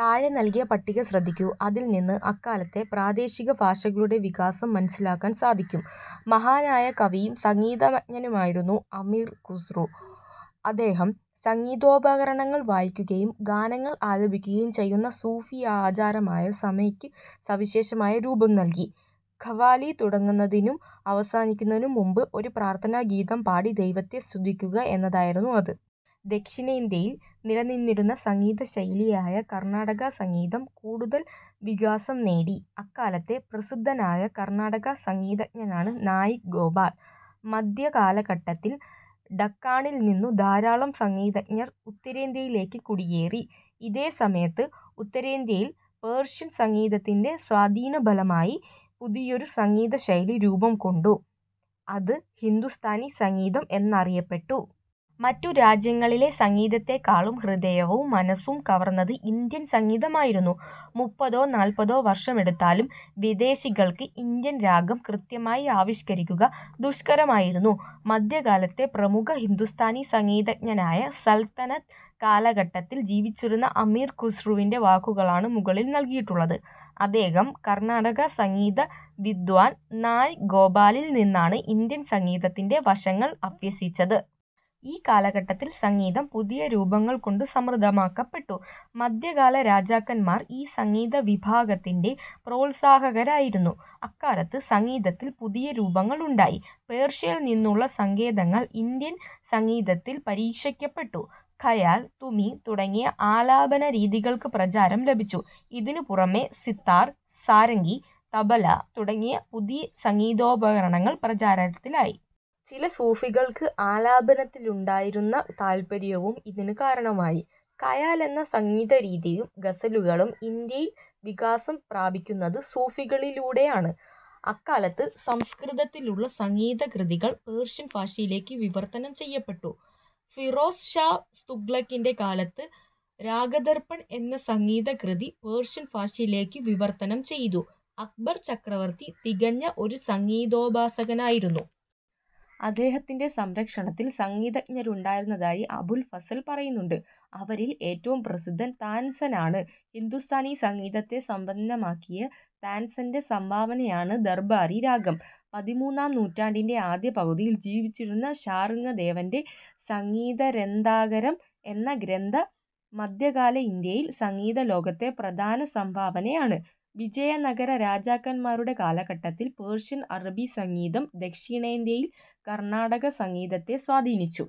താഴെ നൽകിയ പട്ടിക ശ്രദ്ധിക്കൂ. അതിൽനിന്ന് അക്കാലത്തെ പ്രാദേശികഭാഷകളുടെ വികാസം മനസ്സിലാക്കാൻ സാധിക്കും. മഹാനായ കവിയും സംഗീതമജ്ഞനുമായിരുന്നു അമീർ ഖുസ്രു. അദ്ദേഹം സംഗീതോപകരണങ്ങൾ വായിക്കുകയും ഗാനങ്ങൾ ആലപിക്കുകയും ചെയ്യുന്ന സൂഫീ ആചാരമായ സാമയ്ക്ക് സവിശേഷമായ രൂപം നൽകി. ഖവാലി തുടങ്ങുന്നതിനും അവസാനിക്കുന്നതിനും മുമ്പ് ഒരു പ്രാർഥനാഗീതം പാടി ദൈവത്തെ സ്തുതിക്കുക എന്നതായിരുന്നു അത്. ദക്ഷിണേന്ത്യയിൽ നിലനിന്നിരുന്ന സംഗീതശൈലിയായ കർണാടകസംഗീതം കൂടുതൽ വികാസം നേടി. അക്കാലത്തെ പ്രസിദ്ധനായ കർണാടക സംഗീ തജ്ഞനാണ് നായിക് ഗോപാൽ. മധ്യകാലഘട്ടത്തിൽ ഡക്കാണിൽനിന്നു ധാരാളം സംഗീതജ്ഞർ ഉത്തരേന്ത്യയിലേക്ക് കുടിയേറി. ഇതേസമയത്ത് ഉത്തരേന്ത്യയിൽ പേർഷ്യൻ സംഗീതത്തിന്റെ സ്വാധീനഫലമായി പുതിയൊരു സംഗീതശൈലി രൂപം കൊണ്ടു. അത് ഹിന്ദുസ്ഥാനി സംഗീതം എന്നറിയപ്പെട്ടു. മറ്റു രാജ്യങ്ങളിലെ സംഗീതത്തേക്കാളും ഹൃദയവും മനസ്സും കവർന്നത് ഇന്ത്യൻ സംഗീതമായിരുന്നു. മുപ്പതോ നാൽപതോ വർഷമെടുത്താലും വിദേശികൾക്ക് ഇന്ത്യൻ രാഗം കൃത്യമായി ആവിഷ്കരിക്കുക ദുഷ്കരമായിരുന്നു. മധ്യകാലത്തെ പ്രമുഖ ഹിന്ദുസ്ഥാനി സംഗീതജ്ഞനായ സൽത്തനത്ത് കാലഘട്ടത്തിൽ ജീവിച്ചിരുന്ന അമീർ ഖുസ്രുവിന്റെ വാക്കുകളാണ് മുകളിൽ നൽകിയിട്ടുള്ളത്. അദ്ദേഹം കർണാടകസംഗീത വിദ്വാൻ നായിക് ഗോപാലിൽ നിന്നാണ് ഇന്ത്യൻ സംഗീതത്തിന്റെ വശങ്ങൾ അഭ്യസിച്ചത്. ഈ കാലഘട്ടത്തിൽ സംഗീതം പുതിയ രൂപങ്ങൾ കൊണ്ട് സമൃദ്ധമാക്കപ്പെട്ടു. മധ്യകാല രാജാക്കന്മാർ ഈ സംഗീതവിഭാഗത്തിന്റെ പ്രോത്സാഹകരായിരുന്നു. അക്കാലത്ത് സംഗീതത്തിൽ പുതിയ രൂപങ്ങൾ ഉണ്ടായി. പേർഷ്യയിൽനിന്നുള്ള സങ്കേതങ്ങൾ ഇന്ത്യൻ സംഗീതത്തിൽ പരീക്ഷിക്കപ്പെട്ടു. ഖയാൽ, തുമി തുടങ്ങിയ ആലാപനരീതികൾക്ക് പ്രചാരം ലഭിച്ചു. ഇതിനുപുറമെ സിത്താർ, സാരംഗി, തബല തുടങ്ങിയ പുതിയ സംഗീതോപകരണങ്ങൾ പ്രചാരത്തിലായി. ചില സൂഫികൾക്ക് ആലാപനത്തിലുണ്ടായിരുന്ന താൽപ്പര്യവും ഇതിന് കാരണമായി. ഖയാൽ എന്ന സംഗീതരീതിയും ഗസലുകളും ഇന്ത്യയിൽ വികാസം പ്രാപിക്കുന്നത് സൂഫികളിലൂടെയാണ്. അക്കാലത്ത് സംസ്കൃതത്തിലുള്ള സംഗീതകൃതികൾ പേർഷ്യൻ ഭാഷയിലേക്കു വിവർത്തനം ചെയ്യപ്പെട്ടു. ഫിറോസ് ഷാ തുഗ്ലക്കിന്റെ കാലത്ത് രാഗദർപ്പൺ എന്ന സംഗീതകൃതി പേർഷ്യൻ ഭാഷയിലേക്കു വിവർത്തനം ചെയ്തു. അക്ബർ ചക്രവർത്തി തികഞ്ഞ ഒരു സംഗീതോപാസകനായിരുന്നു. അദ്ദേഹത്തിന്റെ സംരക്ഷണത്തിൽ സംഗീതജ്ഞരുണ്ടായിരുന്നതായി അബുൽ ഫസൽ പറയുന്നുണ്ട്. അവരിൽ ഏറ്റവും പ്രസിദ്ധൻ താൻസെനാണ്. ഹിന്ദുസ്ഥാനിസംഗീതത്തെ സമ്പന്നമാക്കിയ താൻസെന്റെ സംഭാവനയാണ് ദർബാറി രാഗം. പതിമൂന്നാം നൂറ്റാണ്ടിന്റെ ആദ്യപകുതിയിൽ ജീവിച്ചിരുന്ന ശാർങ്ഗദേവന്റെ സംഗീതരത്നാകരം എന്ന ഗ്രന്ഥം മധ്യകാല ഇന്ത്യൻ സംഗീതലോകത്തെ പ്രധാന സംഭാവനയാണ്. വിജയനഗര രാജാക്കന്മാരുടെ കാലഘട്ടത്തിൽ പേർഷ്യൻ അറബി സംഗീതം ദക്ഷിണേന്ത്യയിലെ കർണാടകസംഗീതത്തെ സ്വാധീനിച്ചു.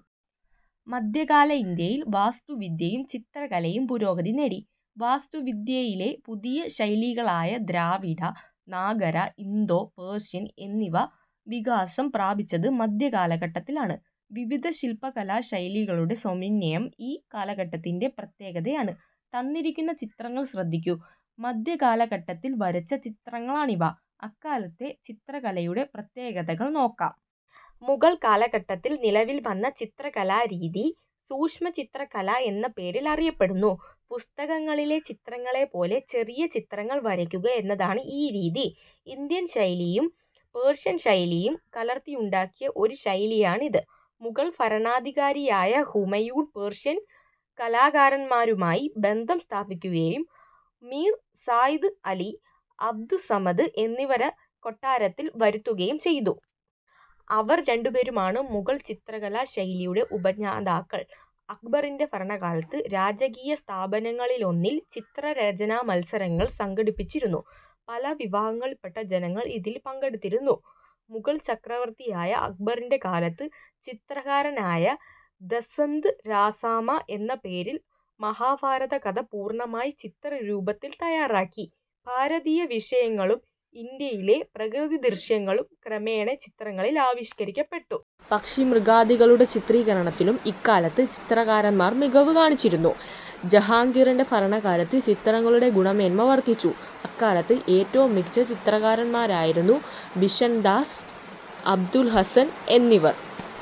മധ്യകാല ഇന്ത്യയിൽ വാസ്തുവിദ്യയും ചിത്ര കലയും പുരോഗതി നേടി. വാസ്തുവിദ്യയിലെ പുതിയ ശൈലികളായ ദ്രാവിഡ, നാഗര, ഇന്തോ പേർഷ്യൻ എന്നിവ വികാസം പ്രാപിച്ചത് മധ്യകാലഘട്ടത്തിലാണ്. വിവിധ ശില്പകലാശൈലികളുടെ സമന്വയം ഈ കാലഘട്ടത്തിന്റെ പ്രത്യേകതയാണ്. തന്നിരിക്കുന്ന ചിത്രങ്ങൾ ശ്രദ്ധിക്കൂ. മധ്യകാലഘട്ടത്തിൽ വരച്ച ചിത്രങ്ങളാണിവ. അക്കാലത്തെ ചിത്രകലയുടെ പ്രത്യേകതകൾ നോക്കാം. മുഗൾ കാലഘട്ടത്തിൽ നിലവിൽ വന്ന ചിത്രകലാരീതി സൂക്ഷ്മചിത്രകല എന്ന പേരിൽ അറിയപ്പെടുന്നു. പുസ്തകങ്ങളിലെ ചിത്രങ്ങളെപ്പോലെ ചെറിയ ചിത്രങ്ങൾ വരയ്ക്കുക എന്നതാണ് ഈ രീതി. ഇന്ത്യൻ ശൈലിയും പേർഷ്യൻ ശൈലിയും കലർത്തിയുണ്ടാക്കിയ ഒരു ശൈലിയാണിത്. മുഗൾ ഭരണാധികാരിയായ ഹുമയൂൺ പേർഷ്യൻ കലാകാരന്മാരുമായി ബന്ധം സ്ഥാപിക്കുകയും മീർ സയ്യിദ് അലി, അബ്ദുസ്സമദ് എന്നിവരെ കൊട്ടാരത്തിൽ വരുത്തുകയും ചെയ്തു. അവർ രണ്ടുപേരുമാണ് മുഗൾ ചിത്രകലാശൈലിയുടെ ഉപജ്ഞാതാക്കൾ. അക്ബറിന്റെ ഭരണകാലത്ത് രാജകീയസ്ഥാപനങ്ങളിലൊന്നിൽ ചിത്ര രചനാമത്സരങ്ങൾ സംഘടിപ്പിച്ചിരുന്നു. പല വിഭാഗങ്ങളിൽപ്പെട്ട ജനങ്ങൾ ഇതിൽ പങ്കെടുത്തിരുന്നു. മുഗൾ ചക്രവർത്തിയായ അക്ബറിന്റെ കാലത്ത് ചിത്രകാരനായ ദസ്വന്ത് രാസാമ എന്ന പേരിൽ മഹാഭാരതകഥ പൂർണമായി ചിത്ര രൂപത്തിൽ തയാറാക്കി. ഭാരതീയ വിഷയങ്ങളും ഇന്ത്യയിലെ പ്രകൃതിദൃശ്യങ്ങളും ക്രമേണ ചിത്രങ്ങളിൽ ആവിഷ്കരിക്കപ്പെട്ടു. പക്ഷിമൃഗാദികളുടെ ചിത്രീകരണത്തിലും ഇക്കാലത്തെ ചിത്രകാരന്മാർ മികവു കാണിച്ചിരുന്നു. ജഹാംഗീറിന്റെ ഭരണകാലത്ത് ചിത്രങ്ങളുടെ ഗുണമേന്മ വർധിച്ചു. അക്കാലത്തെ ഏറ്റവും മികച്ച ചിത്രകാരന്മാരായിരുന്നു ബിഷൻദാസ്, അബുൽ ഹസൻ എന്നിവർ.